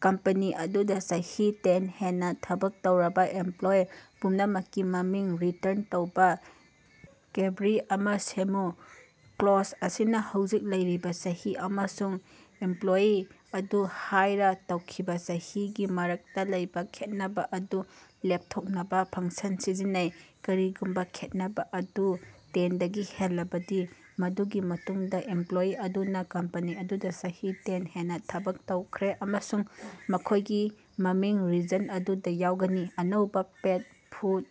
Company ꯑꯗꯨꯗꯥ ꯆꯍꯤ ten ꯍꯦꯟꯅꯥ ꯊꯕꯛ ꯇꯧꯔꯕꯥ ꯑꯦꯝꯄꯂꯣꯌꯔ ꯄꯨꯝꯅꯃꯛꯀꯤ ꯃꯃꯤꯡ ꯔꯤꯇꯔꯟ ꯇꯧꯕꯥ ꯀ꯭ꯕꯦꯔꯤ ꯑꯃ ꯁꯦꯝꯃꯨ꯫ ꯀ꯭ꯂꯣꯖ ꯑꯁꯤꯅꯥ ꯍꯧꯖꯤꯛ ꯂꯩꯔꯤꯕ ꯆꯍꯤ ꯑꯃꯁꯨꯡ ꯏꯝꯄꯂꯣꯌꯤ ꯑꯗꯨ ꯍꯥꯏꯔ ꯇꯧꯈꯤꯕꯥ ꯆꯍꯤ ꯒꯤ ꯃꯔꯛꯇꯥ ꯂꯩꯕꯥ ꯈꯦꯠꯅꯕꯥ ꯑꯗꯨ ꯂꯦꯄꯊꯣꯛꯅꯕꯥ ꯐꯪꯛꯁꯟ ꯁꯤꯖꯤꯟꯅꯩ꯫ ꯀꯔꯤꯒꯨꯝꯕꯥ ꯈꯦꯠꯅꯕꯥ ꯑꯗꯨ ꯇꯦꯟꯗꯒꯤ ꯍꯦꯜꯂꯕꯗꯤ, ꯃꯗꯨꯒꯤ ꯃꯇꯨꯡꯗꯥ ꯏꯝꯄꯂꯣꯌꯤ ꯑꯗꯨꯅꯥ ꯀꯝꯄꯅꯤ ꯑꯗꯨꯗꯥ ꯆꯍꯤ ꯇꯦꯟ ꯍꯦꯟꯅꯥ ꯊꯕꯛ ꯇꯧꯈ꯭ꯔꯦ ꯑꯃꯁꯨꯡ ꯃꯈꯣꯏꯒꯤ ꯃꯃꯤꯡ ꯔꯤꯖꯜꯇ ꯑꯗꯨꯗꯥ ꯌꯥꯎꯒꯅꯤ꯫ ꯑꯅꯧꯕꯥ ꯄꯦꯠ ꯐꯨꯗ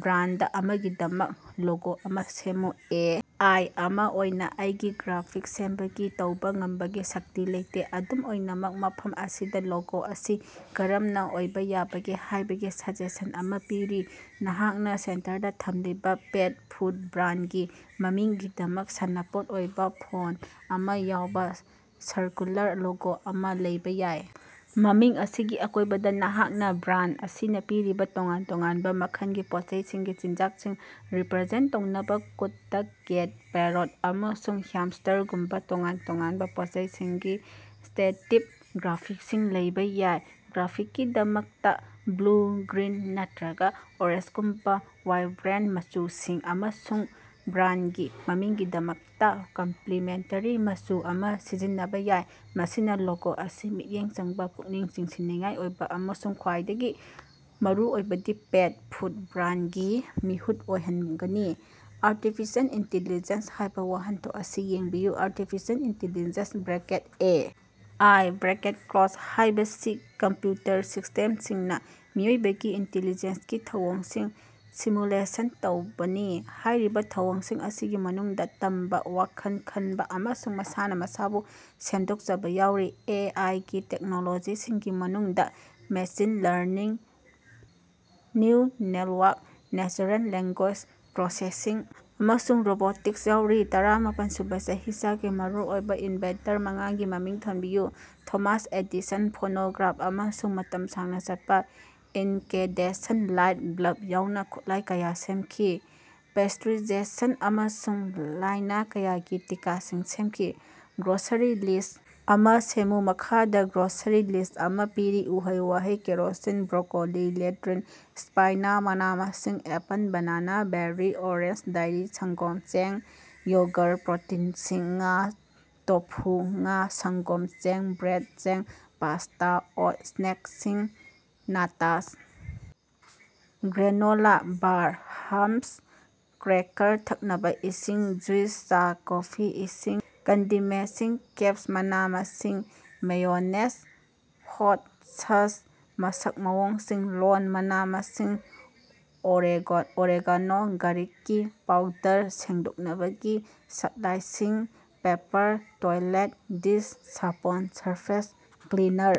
ꯕ꯭ꯔꯥꯟꯗ ꯑꯃꯒꯤꯗꯃꯛ ꯂꯣꯒꯣ ꯑꯃꯥ ꯁꯦꯝꯃꯨ꯫ ꯑꯦ. ꯑꯥꯏ. ꯑꯃꯥ ꯑꯣꯏꯅꯥ ꯑꯩꯒꯤ ꯒ꯭ꯔꯥꯐꯤꯛꯁ ꯁꯦꯝꯕꯒꯤ ꯇꯧꯕꯥ ꯉꯝꯕꯒꯤ ꯁꯛꯇꯤ ꯂꯩꯇꯦ, ꯑꯗꯨꯝ ꯑꯣꯏꯅꯃꯛ, ꯃꯐꯝ ꯑꯁꯤꯗꯥ ꯂꯣꯒꯣ ꯑꯁꯤ ꯀꯔꯝꯅꯥ ꯑꯣꯏꯕꯥ ꯌꯥꯕꯒꯦ ꯍꯥꯏꯕꯒꯤ ꯁꯖꯦꯁꯟ ꯑꯃꯥ ꯄꯤꯔꯤ: ꯅꯍꯥꯛꯅꯥ ꯁꯦꯟꯇꯔꯗꯥ ꯊꯝꯂꯤꯕꯥ ꯄꯦꯠ ꯐꯨꯗ ꯕ꯭ꯔꯥꯟꯗꯒꯤ ꯃꯃꯤꯡꯒꯤꯗꯃꯛ ꯁꯥꯟꯅꯄꯣꯠ ꯑꯣꯏꯕꯥ ꯐꯣꯟꯇ ꯑꯃ ꯌꯥꯎꯕ ꯁꯔꯀꯨꯂꯥꯔ ꯂꯣꯒꯣ ꯑꯃꯥ ꯂꯩꯕꯥ ꯌꯥꯏ꯫. ꯃꯃꯤꯡ ꯑꯁꯤꯒꯤ ꯑꯀꯣꯏꯕꯗꯥ, ꯅꯍꯥꯛꯅꯥ ꯕ꯭ꯔꯥꯟꯗ ꯑꯁꯤꯅꯥ ꯄꯤꯔꯤꯕꯥ ꯇꯣꯉꯥꯟ ꯇꯣꯉꯥꯟꯕ ꯃꯈꯜꯒꯤ ꯄꯣꯠꯆꯩꯁꯤꯡꯒꯤ ꯆꯤꯟꯖꯥꯛꯁꯤꯡ ꯔꯤꯄꯔꯖꯦꯟꯇ ꯇꯧꯅꯕ ꯀꯨꯠꯇꯥ, ꯀꯦꯠ, ꯄꯦꯔꯣꯠ, ꯑꯃꯁꯨꯡ ꯍ꯭ꯌꯥꯝꯁ꯭ꯇꯔꯒꯨꯝꯕ ꯇꯣꯉꯥꯟ ꯇꯣꯉꯥꯟꯕ ꯄꯣꯠꯆꯩꯁꯤꯡꯒꯤ ꯏꯜꯁ꯭ꯇꯔꯦꯇꯤꯕ ꯒ꯭ꯔꯥꯐꯤꯛꯁꯁꯤꯡ ꯂꯩꯕꯥ ꯌꯥꯏ꯫ ꯒ꯭ꯔꯥꯐꯤꯛꯁꯀꯤꯗꯃꯛꯇꯥ ꯕ꯭ꯂꯨ, ꯒ꯭ꯔꯤꯟ ꯅꯠꯇꯔꯒꯥ ꯑꯣꯔꯦꯟꯖꯒꯨꯝꯕꯥ ꯋꯥꯏꯕ꯭ꯔꯦꯟꯇ ꯃꯆꯨꯁꯤꯡ ꯑꯃꯁꯨꯡ ꯕ꯭ꯔꯥꯟꯗꯒꯤ ꯃꯃꯤꯡꯒꯤꯗꯃꯛꯇꯥ ꯀꯝꯄꯂꯤꯃꯦꯟꯇꯦꯔꯤ ꯃꯆꯨ ꯑꯃꯥ ꯁꯤꯖꯤꯟꯅꯕꯥ ꯌꯥꯏ꯫ ꯃꯁꯤꯅꯥ ꯂꯣꯒꯣ ꯑꯁꯤ ꯃꯤꯠꯌꯦꯡ ꯆꯪꯕꯥ, ꯄꯨꯛꯅꯤꯡ ꯆꯤꯡꯁꯤꯟꯅꯤꯡꯉꯥꯏ ꯑꯣꯏꯕꯥ ꯑꯃꯁꯨꯡ ꯈ꯭ꯋꯥꯏꯗꯒꯤ ꯃꯔꯨꯑꯣꯏꯕꯗꯤ ꯄꯦꯠ ꯐꯨꯗ ꯕ꯭ꯔꯥꯟꯗꯒꯤ ꯃꯤꯍꯨꯠ ꯑꯣꯏꯍꯅꯒꯅꯤ꯫ "ꯑꯥꯔꯇꯤꯐꯤꯁꯤꯑꯦꯜ ꯏꯟꯇꯦꯂꯤꯖꯦꯟꯁ" ꯍꯥꯏꯕꯥ ꯋꯥꯍꯟꯊꯣꯛ ꯑꯁꯤ ꯌꯦꯡꯕꯤꯌꯨ꯫ Artificial intelligence (A. ꯑꯥꯏ.) ꯍꯥꯏꯕꯁꯤ ꯀꯝꯄ꯭ꯌꯨꯇꯔ ꯁꯤꯁꯇꯦꯝꯁꯤꯡꯅꯥ ꯃꯤꯑꯣꯏꯕꯒꯤ ꯏꯟꯇꯦꯂꯤꯖꯦꯟꯁꯀꯤ ꯊꯧꯑꯣꯡꯁꯤꯡ ꯁꯤꯃꯨꯂꯦꯁꯟ ꯇꯧꯕꯅꯤ꯫ ꯍꯥꯏꯔꯤꯕꯥ ꯊꯧꯑꯣꯡꯁꯤꯡ ꯑꯁꯤꯒꯤ ꯃꯅꯨꯡꯗꯥ ꯇꯝꯕꯥ, ꯋꯥꯈꯜ ꯈꯅꯕꯥ ꯑꯃꯁꯨꯡ ꯃꯁꯥꯅꯥ ꯃꯁꯥꯕꯨ ꯁꯦꯝꯗꯣꯛꯆꯕꯥ ꯌꯥꯎꯔꯤ꯫ ꯑꯦ. ꯑꯥꯏ. ꯒꯤ ꯇꯦꯛꯅꯣꯂꯣꯖꯤꯁꯤꯡꯒꯤ ꯃꯅꯨꯡꯗꯥ machine learning, neural network, natural language processing ꯑꯃꯁꯨꯡ ꯔꯣꯕꯣꯇꯤꯛꯁ ꯌꯥꯎꯔꯤ꯫ ꯇꯔꯥ ꯃꯥꯄꯜꯁꯨꯕꯥ ꯆꯍꯤꯆꯥꯒꯤ ꯃꯔꯨꯑꯣꯏꯕꯥ ꯏꯟꯚꯦꯟꯇꯔ ꯃꯉꯥꯒꯤ ꯃꯃꯤꯡ ꯊꯣꯟꯕꯤꯌꯨ꯫ ꯊꯣꯃꯥꯁ ꯑꯦꯗꯤꯁꯟ ꯐꯣꯅꯣꯒ꯭ꯔꯥꯐ ꯑꯃꯁꯨꯡ ꯃꯇꯝ ꯁꯥꯡꯅꯥ ꯆꯠꯄꯥ ꯏꯟꯀꯦꯟꯗꯦꯁꯟ ꯂꯥꯏꯠ ꯕꯜꯕ ꯌꯥꯎꯅ ꯈꯨꯠꯂꯥꯏ ꯀꯌꯥ ꯁꯦꯃꯈꯤ꯫ ꯄꯦꯁ꯭ꯇꯨꯔꯥꯏꯖꯦꯁꯟ ꯑꯃꯁꯨꯡ ꯂꯥꯏꯅꯥ ꯀꯌꯥꯒꯤ ꯇꯤꯀꯥꯁꯤꯡ ꯁꯦꯃꯈꯤ꯫ ꯒ꯭ꯔꯣꯁꯔꯤ ꯂꯤꯁꯠ ꯑꯃꯥ ꯁꯦꯝꯃꯨ꯫ ꯃꯈꯥꯗꯥ ꯒ꯭ꯔꯣꯁꯔꯤ ꯂꯤꯁꯠ ꯑꯃꯥ ꯄꯤꯔꯤ: ꯎꯍꯩ-ꯋꯥꯍꯩ: ꯀꯦꯔꯣꯁꯤꯟ, ꯕ꯭ꯔꯣꯀꯣꯂꯤ, ꯂꯦꯇꯔꯤꯟ, ꯁ꯭ꯄꯤꯅꯥꯆ ꯃꯅꯥ-ꯃꯁꯤꯡ: apple, banana, berry, orange dairy: ꯁꯪꯒꯣꯝ, ꯆꯦꯡ, ꯌꯣꯒꯔ ꯄ꯭ꯔꯣꯇꯤꯅꯁꯤꯡ: ꯉꯥ, ꯇꯣꯐꯨ, ꯉꯥ, ꯁꯪꯒꯣꯝ ꯆꯦꯡ: ꯕ꯭ꯔꯦꯗ, ꯆꯦꯡ꯫, ꯄꯥꯁ꯭ꯇꯥ, ꯑꯣꯠ ꯁ꯭ꯅꯦꯛꯁꯤꯡ: nuts, granola bar, hummus, cracker ꯊꯛꯅꯕꯥ ꯏꯁꯤꯡ ꯖꯨꯁ, ꯆꯥ, ꯀꯣꯐꯤ, ꯏꯁꯤꯡ ꯀꯟꯗꯤꯃꯦꯟꯇꯁꯤꯡ ꯀꯦꯆꯞ, ꯃꯅꯥ-ꯃꯁꯤꯡ, ꯃꯦꯌꯣꯅꯦꯖ, ꯍꯣꯠ ꯁꯁ ꯃꯁꯛ ꯃꯑꯣꯡꯁꯤꯡ: ꯂꯣꯟ, ꯃꯅꯥ-ꯃꯁꯤꯡ, ꯑꯣꯔꯦꯒꯥꯅꯣ, ꯒꯥꯔꯤꯛꯀꯤ ꯄꯥꯎꯗꯔ ꯁꯦꯡꯗꯣꯛꯅꯕꯒꯤ ꯁꯄꯂꯥꯏꯁꯤꯡ꯫: ꯄꯦꯄꯔ ꯇꯣꯏꯂꯦꯠ, ꯗꯤꯁ ꯁꯥꯄꯣꯟ, ꯁꯔꯐꯦꯁ ꯀ꯭ꯂꯤꯅꯔ꯫